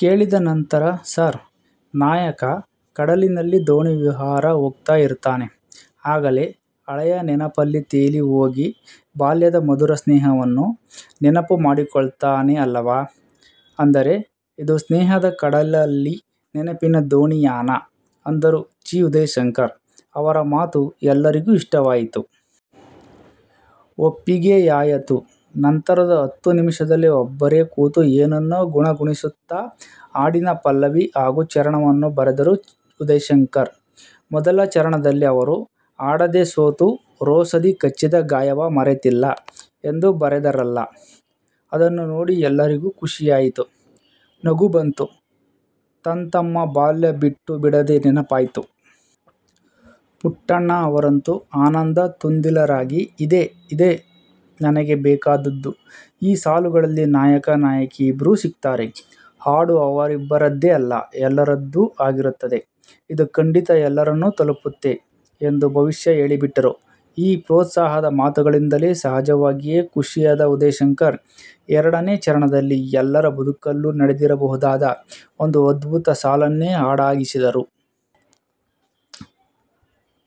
ಕೇಳಿದ ನಂತರ 'ಸಾರ್, ನಾಯಕ ಕಡಲಿನಲ್ಲಿ ದೋಣಿ ವಿಹಾರ ಹೋಗ್ತಾ ಇರ್ತಾನೆ. ಆಗಲೇ ಹಳೆಯ ನೆನಪಲ್ಲಿ ತೇಲಿ ಹೋಗಿ ಬಾಲ್ಯದ ಮಧುರ ಸ್ನೇಹವನ್ನು ನೆನಪು ಮಾಡಿಕೊಳ್ತಾನೆ ಅಲ್ಲವಾ? ಅಂದರೆ, ಇದು ಸ್ನೇಹದ ಕಡಲಲ್ಲಿ ನೆನಪಿನ ದೋಣಿಯಾನ. ಅಂದರು ಚಿ. ಉದಯಶಂಕರ್. ಅವರ ಮಾತು ಎಲ್ಲರಿಗೂ ಇಷ್ಟವಾಯಿತು. ಒಪ್ಪಿಗೆಯಾಯತು. ನಂತರದ ಹತ್ತು ನಿಮಿಷದಲ್ಲಿ ಒಬ್ಬರೇ ಕೂತು ಏನನ್ನೋ ಗುಣಗುಣಿಸುತ್ತಾ ಹಾಡಿನ ಪಲ್ಲವಿ ಹಾಗೂ ಚರಣವನ್ನು ಬರೆದರು ಉದಯಶಂಕರ್. ಮೊದಲ ಚರಣದಲ್ಲಿ ಅವರು-'ಆಟದೆ ಸೋತೂ ರೋಷದಿ ಕಚ್ಚಿದ ಗಾಯವ ಮರೆತಿಲ್ಲ' ಎಂದು ಬರೆದರಲ್ಲ? ಅದನ್ನು ನೋಡಿ ಎಲ್ಲರಿಗೂ ಖುಷಿಯಾಯಿತು. ನಗು ಬಂತು. ತಂತಮ್ಮ ಬಾಲ್ಯ ಬಿಟ್ಟೂ ಬಿಡದೆ ನೆನಪಾಯ್ತು. ಪುಟ್ಟಣ್ಣ ಅವರಂತೂ ಆನಂದ ತುಂದಿಲರಾಗಿ-ಇದೇ, ಇದೇ ನನಗೆ ಬೇಕಾಗಿದ್ದುದ್ದು. ಈ ಸಾಲುಗಳಲ್ಲಿ ನಾಯಕ-ನಾಯಕಿ ಇಬ್ರೂ ಸಿಕ್ತಾರೆ. ಹಾಡು ಅವರಿಬ್ಬರದೇ ಅಲ್ಲ, ಎಲ್ಲರದೂ ಆಗುತ್ತೆ. ಇದು ಖಂಡಿತ ಎಲ್ಲರನ್ನೂ ತಲುಪುತ್ತೆ ಎಂದು ಭವಿಷ್ಯ ಹೇಳಿಬಿಟ್ಟರು. ಈ ಪ್ರೋತ್ಸಾಹದ ಮಾತುಗಳಿಂದ ಸಹಜವಾಗಿಯೇ ಖುಷಿಯಾದ ಉದಯಶಂಕರ್, ಎರಡನೇ ಚರಣದಲ್ಲಿ ಎಲ್ಲರ ಬದುಕಲ್ಲೂ ನಡೆದಿರಬಹುದಾದ ಒಂದು ಅದ್ಭುತ ಸಾಲನ್ನೇ ಹಾಡಾಗಿಸಿದರು.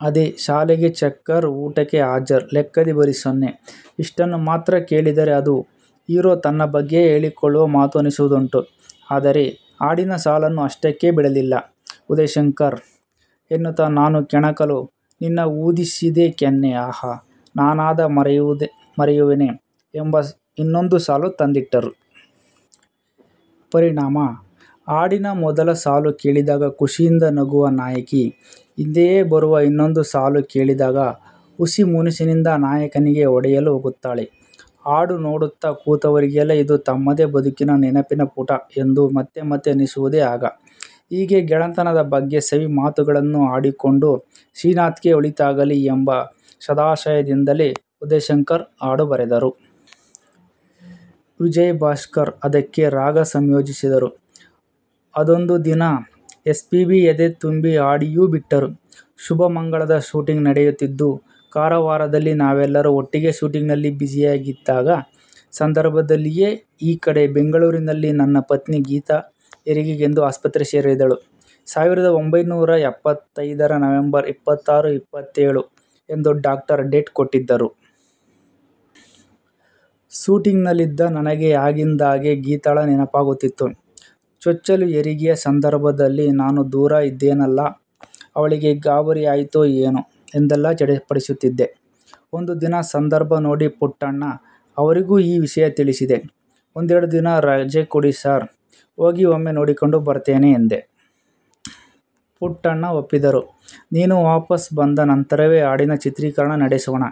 ಅದೇ-ಶಾಲೆಗೆ ಚಕ್ಕರ್, ಊಟಕೆ ಹಾಜರ್ ಲೆಕ್ಕದಿ ಬರಿ ಸೊನ್ನೆ' ಇಷ್ಟನ್ನು ಮಾತ್ರ ಕೇಳಿದರೆ-ಅದು, ಹೀರೊ ತನ್ನ ಬಗ್ಗೆಯೇ ಹೇಳಿಕೊಳ್ಳುವ ಮಾತು ಅನ್ನಿಸುವುದುಂಟು. ಆದರೆ ಹಾಡಿನ ಸಾಲನ್ನು ಅಷ್ಟಕ್ಕೇ ಬಿಡಲಿಲ್ಲ ಉದಯಶಂಕರ್ ಎನ್ನುತ ನಾನು ಕೆಣಕಲು ನಿನ್ನ ಊದಿಸಿದೇ ಕೆನ್ನೆ, ಆಹಾ ನಾನದ ಮರೆಯುವೆನೇ ' ಎಂಬ ಇನ್ನೊಂದು ಸಾಲು ತಂದಿಟ್ಟರು. ಪರಿಣಾಮ, ಹಾಡಿನ ಮೊದಲ ಸಾಲು ಕೇಳಿದಾಗ ಖುಷಿಯಿಂದ ನಗುವ ನಾಯಕಿ ಹಿಂದೆಯೇ ಬರುವ ಇನ್ನೊಂದು ಸಾಲು ಕೇಳಿದಾಗ ಹುಸಿ ಮುನಿಸಿನಿಂದ ನಾಯಕನಿಗೆ ಹೊಡೆಯಲು ಹೋಗುತ್ತಾಳೆ. ಹಾಡು ನೋಡುತ್ತಾ ಕೂತವರಿಗೆ ಇದೆಲ್ಲಾ ತಮ್ಮದೇ ಬದುಕಿನ, ನೆನಪಿನ ಪುಟ ಎಂದು ಮತ್ತೆ ಮತ್ತೆ ಅನ್ನಿಸುವುದೇ ಆಗ. ಹೀಗೆ, ಗೆಳೆತನದ ಬಗ್ಗೆ ಸವಿ ಮಾತುಗಳನ್ನು ಆಡಿಕೊಂಡು, ಶ್ರೀನಾಥ್ಗೆ ಒಳಿತಾಗಲಿ, ಎಂಬ ಸದಾಶಯದಿಂದಲೇ ಉದಯಶಂಕರ್ ಹಾಡು ಬರೆದರು. ವಿಜಯಭಾಸ್ಕರ್ ಅದಕ್ಕೆ ರಾಗ ಸಂಯೋಜಿಸಿದರು. ಅದೊಂದು ದಿನ ಎಸ್ಪೀಬಿ-ಎದೆ ತುಂಬಿ ಹಾಡಿಯೂ ಬಿಟ್ಟರು. 'ಶುಭಮಂಗಳ'ದ ಶೂಟಿಂಗ್ ನಡೆಯುತ್ತಿದ್ದುದು ಕಾರವಾರದಲ್ಲಿ ನಾವೆಲ್ಲರೂ ಶೂಟಿಂಗ್ನಲ್ಲಿ 'ಬ್ಯುಸಿ'ಯಾಗಿದ್ದ ಸಂದರ್ಭದಲ್ಲಿಯೇ ಈ ಕಡೆ ಬೆಂಗಳೂರಿನಲ್ಲಿ ನನ್ನ ಪತ್ನಿ ಗೀತಾ, ಹೆರಿಗೆಗೆಂದು ಆಸ್ಪತ್ರೆ ಸೇರಿದ್ದಳು. ಸಾವಿರದ ಒಂಭೈನೂರ ಎಪ್ಪತ್ತೈದರ ನವೆಂಬರ್ ಇಪ್ಪತ್ತಾರು, ಇಪ್ಪತ್ತೆಳು ಎಂದು ಡಾಕ್ಟರು ಡೇಟ್ ಕೊಟ್ಟಿದ್ದರು. ಶೂಟಿಂಗ್ನಲ್ಲಿದ್ದ ನನಗೆ ಆಗಿಂದಾಗ್ಗೆ ಗೀತಾಳ ನೆನಪಾಗುತ್ತಿತ್ತು. ಚೊಚ್ಚಲು ಹೆರಿಗೆಯ ಸಂದರ್ಭದಲ್ಲಿ ನಾನು ದೂರ ಇದ್ದೇನಲ್ಲ? ಅವಳಿಗೆ ಗಾಬರಿಯಾಯ್ತೋ ಏನೋ ಎಂದೆಲ್ಲಾ ಚಡಪಡಿಸುತ್ತಿದ್ದೆ. ಒಂದು ದಿನ ಸಂದರ್ಭ ನೋಡಿ ಪುಟ್ಟಣ್ಣ ಅವರಿಗೂ ಈ ವಿಷಯ ತಿಳಿಸಿದೆ'. ಒಂದೆರಡು ದಿನ ರಜೆ ಕೊಡಿ ಸಾರ್, ಹೋಗಿ ಒಮ್ಮೆ ನೋಡಿಕೊಂಡು ಬರ್ತೇನೆ' ಎಂದೆ. ಪುಟ್ಟಣ್ಣ ಒಪ್ಪಿದರು. 'ನೀನು ವಾಪಸ್ ಬಂದ ನಂತರವೇ ಹಾಡಿನ ಚಿತ್ರೀಕರಣ ನಡೆಸೋಣ.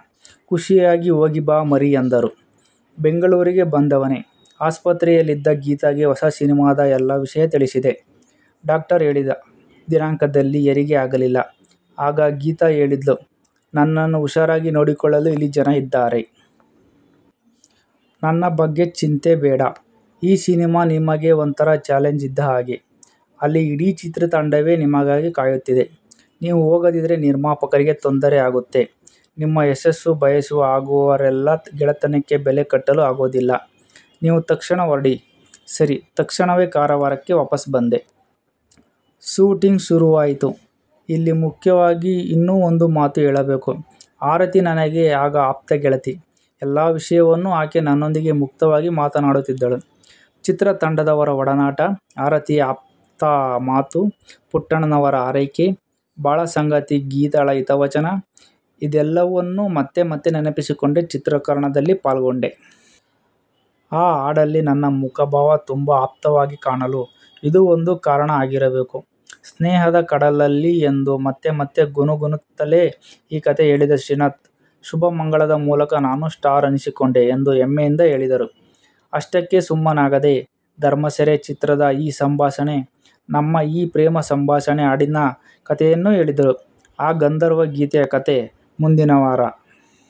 ಖುಷಿಯಾಗಿ ಹೋಗಿ ಬಾ ಮರೀ' ಅಂದರು. ಬೆಂಗಳೂರಿಗೆ ಬಂದವನೇ ಆಸ್ಪತ್ರೆಯಲ್ಲಿದ್ದ ಗೀತಾಗೆ ಹೊಸ ಸಿನಿಮಾದ ಎಲ್ಲ ವಿಷಯ ತಿಳಿಸಿದೆ. ಡಾಕ್ಟರು ಹೇಳಿದ್ದ ದಿನಾಂಕದಲ್ಲಿ ಹೆರಿಗೆ ಆಗಲಿಲ್ಲ. ಆಗ ಗೀತಾ ಹೇಳಿದ್ಲು: 'ನನ್ನನ್ನು ಹುಷಾರಾಗಿ ನೋಡಿಕೊಳ್ಳಲು ಇಲ್ಲಿ ಜನ ಇದ್ದಾರೆ. ನನ್ನ ಬಗ್ಗೆ ಚಿಂತೆ ಬೇಡ. ಈ ಸಿನಿಮಾ ನಿಮಗೆ ಒಂಥರಾ ಛಾಲೆಂಜ್ ಇದ್ದ ಹಾಗೆ. ಅಲ್ಲಿ ಇಡೀ ಚಿತ್ರತಂಡವೇ ನಿಮಗಾಗಿ ಕಾಯುತ್ತಿದೆ. ನೀವು ಹೋಗದಿದ್ರೆ ನಿರ್ಮಾಪಕರಿಗೆ ತೊಂದರೆ ಆಗುತ್ತೆ. ನಿಮ್ಮ ಯಶಸ್ಸು ಬಯಸುವ ಅವರೆಲ್ಲರ ಗೆಳೆತನಕ್ಕೆ ಬೆಲೆ ಕಟ್ಟಲು ಆಗೋದಿಲ್ಲ. ನೀವು ತಕ್ಷಣ ಹೊರಡಿ' ಸರಿ, ತಕ್ಷಣವೇ ಕಾರವಾರಕ್ಕೆ ವಾಪಸ್ ಬಂದೆ. ಶೂಟಿಂಗ್ ಶುರುವಾಯಿತು. ಇಲ್ಲಿ ಮುಖ್ಯವಾಗಿ ಇನ್ನೂ ಒಂದು ಮಾತು ಹೇಳಬೇಕು. ಆರತಿ ನನಗೆ ಆಗ ಆಪ್ತ ಗೆಳತಿ. ಎಲ್ಲ ವಿಷಯವನ್ನೂ ಆಕೆ ನನ್ನೊಂದಿಗೆ ಮುಕ್ತವಾಗಿ ಮಾತಾಡುತ್ತಿದ್ದಳು. ಚಿತ್ರತಂಡದವರ ಒಡನಾಟ, ಆರತಿಯ ಆಪ್ತ ಮಾತು, ಪುಟ್ಟಣ್ಣನವರ ಹಾರೈಕೆ, ಬಾಳಸಂಗಾತಿ ಗೀತಾಳ ಹಿತವಚನ ಇದೆಲ್ಲವನ್ನೂ ಮತ್ತೆ ಮತ್ತೆ ನೆನಪಿಸಿಕೊಂಡೇ ಚಿತ್ರೀಕರಣದಲ್ಲಿ ಪಾಲ್ಗೊಂಡೆ. ಆ ಹಾಡಲ್ಲಿ ನನ್ನ ಮುಖಭಾವ ತುಂಬ ಆಪ್ತವಾಗಿ ಕಾಣಲು ಇದೂ ಒಂದು ಕಾರಣ ಆಗಿರಬೇಕು. 'ಸ್ನೇಹದ ಕಡಲಲ್ಲೀ' ಎಂದು ಮತ್ತೆ ಮತ್ತೆ ಗುನುಗುತ್ತಲೇ ಈ ಕಥೆ ಹೇಳಿದ ಶ್ರೀನಾಥ್, 'ಶುಭಮಂಗಳ'ದ ಮೂಲಕ ನಾನೂ 'ಸ್ಟಾರ್' ಅನ್ನಿಸಿಕೊಂಡೆ ಎಂದು ಹೆಮ್ಮೆಯಿಂದ ಹೇಳಿದರು. ಅಷ್ಟಕ್ಕೇ ಸುಮ್ಮನಾಗದೆ 'ಧರ್ಮಸೆರೆ' ಚಿತ್ರದ ' ಈ ಸಂಭಾಷಣೆ ನಮ್ಮ ಈ ಪ್ರೇಮ ಸಂಭಾಷಣೆ' ಹಾಡಿನ ಕಥೆಯನ್ನೂ ಹೇಳಿದರು. ಆ ಗಂಧರ್ವ ಗೀತೆಯ ಕಥೆ ಮುಂದಿನವಾರ.